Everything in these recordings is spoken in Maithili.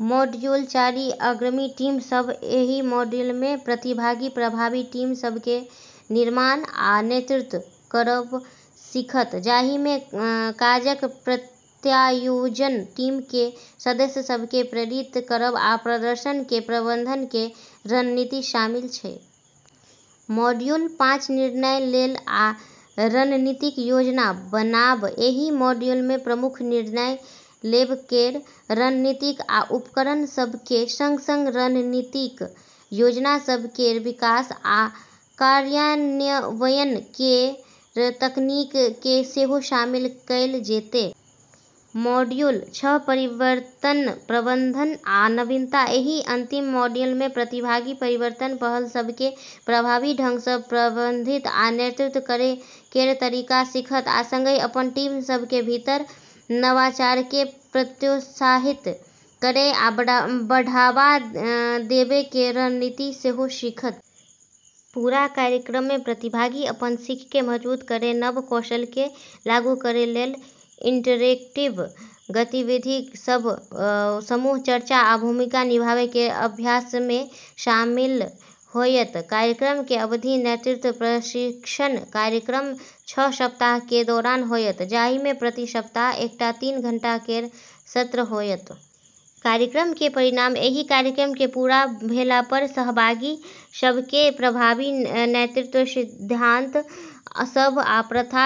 मॉड्यूल चारि अग्रणी टीम सभ: एहि मॉड्यूलमे प्रतिभागी प्रभावी टीम सभ केर निर्माण आ नेतृत्व करब सीखत, जाहिमे काजक प्रत्यायोजन, टीम केर सदस्य सभकेँ प्रेरित करब, आ प्रदर्शन केर प्रबंधन केर रणनीति शामिल छै। मॉड्यूल पाँच निर्णय लेब आ रणनीतिक योजना बनाब: एहि मॉड्यूलमे प्रमुख निर्णय लेब केर रणनीतिक आ उपकरण सभ केर संग-संग रणनीतिक योजना सभ केर विकास आ कार्यान्वयन केर तकनीककेँ सेहो शामिल कएल जेतै। मॉड्यूल छह परिवर्तन प्रबंधन आ नवीनता: एहि अंतिम मॉड्यूलमे प्रतिभागी परिवर्तन पहल सभकेँ प्रभावी ढंगसँ प्रबंधित आ नेतृत्व करै केर तरीका सीखत, आ संगहि अपन टीम सभ केर भीतर नवाचारकेँ प्रोत्साहित करै आ बढ़ावा देबै केर रणनीति सेहो सीखत। पूरा कार्यक्रममे प्रतिभागी अपन सीखकेँ मजबूत करै आ नव कौशलकेँ लागू करै लेल इंटरैक्टिव गतिविधिसभ, समूह चर्चा, आ भूमिका निभाबै केर अभ्यासमे शामिल होयत। कार्यक्रम केर अवधि: नेतृत्व प्रशिक्षण कार्यक्रम छह सप्ताह केर दौरान होयत, जाहिमे प्रति सप्ताह एकटा तीन घंटा केर सत्र होयत। कार्यक्रम केर परिणाम: एहि कार्यक्रम केर पूरा भेलापर सहभागी सभकेँ प्रभावी नेतृत्व सिद्धांत सभ आ प्रथा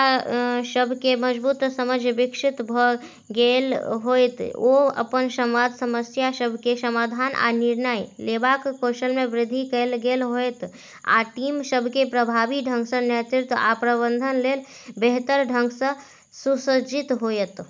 सभ केर मजबूत समझ विकसित भऽ गेल होयत। ओ अपन संवाद, समस्या सभ केर समाधान, आ निर्णय लेबाक कौशलमे वृद्धि कएल गेल होयत, आ टीम सभकेँ प्रभावी ढंगसँ नेतृत्व आ प्रबंधन लेल बेहतर ढंगसँ सुसज्जित होयत।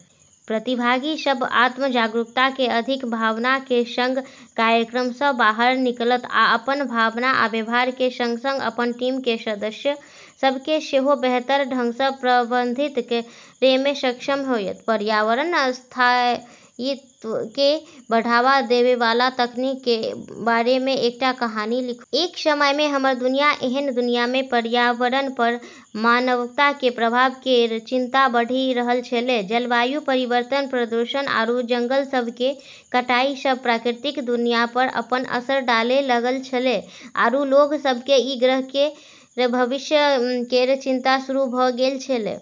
प्रतिभागी सभ आत्म-जागरूकता केर अधिक भावना केर संग कार्यक्रमसँ बाहर निकलत, आ अपन भावना आ व्यवहार केर संग-संग अपन टीम केर सदस्य सभकेँ सेहो बेहतर ढंगसँ प्रबंधित करैमे सक्षम होयत। पर्यावरण स्थायित्वकेँ बढ़ावा देबैवाला तकनीक केर बारेमे एकटा कहानी लिखू। एक समयमे हमर दुनिया एहन दुनियामे पर्यावरणपर मानवता केर प्रभाव केर चिंता बढ़ि रहल छेलै। जलवायु परिवर्तन, प्रदूषण, आरू जंगल सभ केर कटाई सब प्राकृतिक दुनियापर अपन असर डालै लगल छेलै, आरू लोग सभकेँ ई ग्रह केर भविष्य केर चिंता शुरू भऽ गेल छेलै।